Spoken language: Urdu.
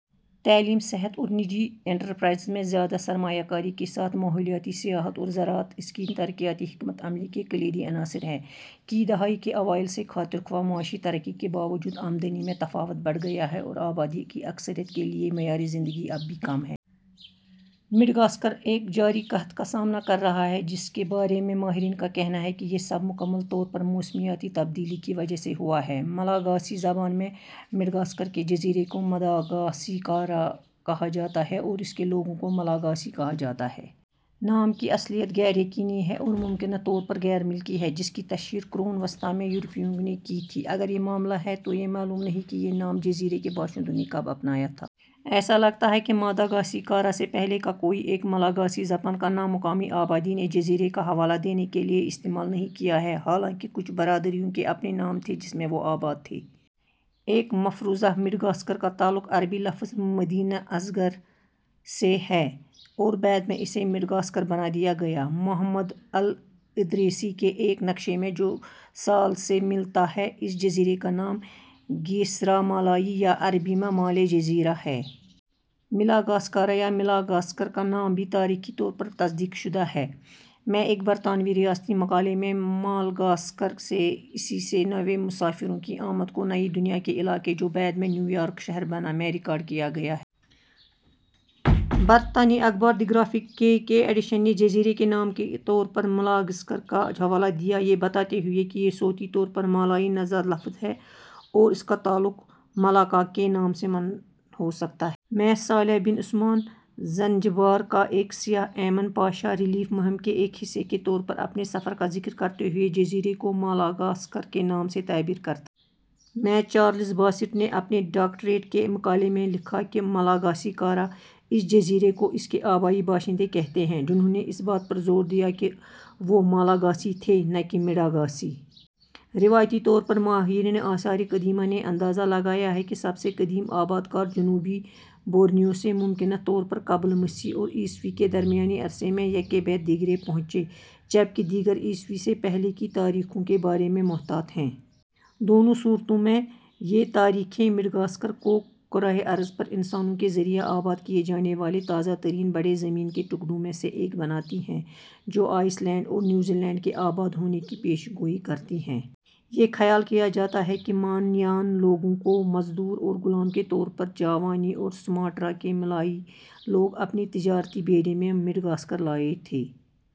تعلیم، صحت اور نجی انٹرپرائز میں زیادہ سرمایہ کاری کے ساتھ ماحولیاتی سیاحت اور زراعت اس کی ترقیاتی حکمت عملی کے کلیدی عناصر ہیں۔ کی دہائی کے اوائل سے خاطر خواہ معاشی ترقی کے باوجود، آمدنی میں تفاوت بڑھ گیا ہے اور آبادی کی اکثریت کے لیے معیار زندگی اب بھی کم ہے۔ مڈغاسکر ایک جاری قحط کا سامنا کر رہا ہے، جس کے بارے میں ماہرین کا کہنا ہے کہ یہ سب مکمل طور پر موسمیاتی تبدیلی کی وجہ سے ہوا ہے۔ ملاگاسی زبان میں، مڈغاسکر کے جزیرے کو مداگاسیکارا کہا جاتا ہے اور اس کے لوگوں کو ملاگاسی کہا جاتا ہے۔ نام کی اصلیت غیر یقینی ہے اور ممکنہ طور پر غیر ملکی ہے، جس کی تشہیر قرون وسطیٰ میں یورپیوں نے کی تھی۔ اگر یہ معاملہ ہے، تو یہ معلوم نہیں ہے کہ یہ نام جزیرے کے باشندوں نے کب اپنایا تھا۔ ایسا لگتا ہے کہ ماداگاسیکارا سے پہلے کا کوئی ایک ملاگاسی زبان کا نام مقامی آبادی نے جزیرے کا حوالہ دینے کے لیے استعمال نہیں کیا ہے، حالانکہ کچھ برادریوں کے اپنے نام تھے جس میں وہ آباد تھے۔ ایک مفروضہ مڈغاسکر کا تعلق عربی لفظ "مدینہ اصغر" سے ہے اور بعد میں اسے مڈغاسکر بنا دیا گیا۔ محمد الادریسی کے ایک نقشے میں جو سال سے ملتا ہے، اس جزیرے کا نام گیسرا مالائی یا عربی میں "مالے جزیرہ" ہے۔ ملاگاسکارا یا ملاگاسکر کا نام بھی تاریخی طور پر تصدیق شدہ ہے۔ میں ایک برطانوی ریاستی مقالے میں "مالگاسکر" سے اسّی سے نوے مسافروں کی آمد کو نئی دنیا کے علاقے، جو بعد میں نیویارک شہر بنا، میں ریکارڈ کیا گیا ہے۔ برطانوی اخبار دی گرافک کے کے ایڈیشن نے جزیرے کے نام کے طور پر "ملاگاسکر" کا حوالہ دیا، یہ بتاتے ہوئے کہ یہ صوتی طور پر مالائی نژاد لفظ ہے اور اس کا تعلق ملاکا کے نام سے ہو سکتا ہے۔ میں، صالح بن عثمان، زنجبار کا ایک سیاح، ایمن پاشا ریلیف مہم کے ایک حصے کے طور پر، اپنے سفر کا ذکر کرتے ہوئے جزیرے کو "مالاگاسکر" کے نام سے تعبیر کرتا ہے۔ میں، چارلس باسیٹ نے اپنے ڈاکٹریٹ کے مقالے میں لکھا کہ ملاگاسیکارا اس جزیرے کو اس کے آبائی باشندے کہتے ہیں، جنھوں نے اس بات پر زور دیا کہ وہ مالاگاسی تھے، نہ کہ مڈاگاسی۔ روایتی طور پر، ماہرین آثار قدیمہ نے اندازہ لگایا ہے کہ سب سے قدیم آباد کار جنوبی بورنیو سے ممکنہ طور پر قبل مسیح اور عیسوی کے درمیانی عرصے میں یکے بعد دیگرے پہنچے، جبکہ دیگر عیسوی سے پہلے کی تاریخوں کے بارے میں محتاط ہیں۔ دونوں صورتوں میں، یہ تاریخیں مڈغاسکر کو کرۂ ارض پر انسانوں کے ذریعہ آباد کیے جانے والے تازہ ترین بڑے زمین کے ٹکڑوں میں سے ایک بناتی ہیں، جو آئس لینڈ اور نیوزی لینڈ کے آباد ہونے کی پیش گوئی کرتی ہیں۔ یہ خیال کیا جاتا ہے کہ مانایان لوگوں کو مزدور اور غلام کے طور پر جاوانی اور سماٹرا کے ملائی لوگ اپنے تجارتی بیڑے میں مڈغاسکر لائے تھے۔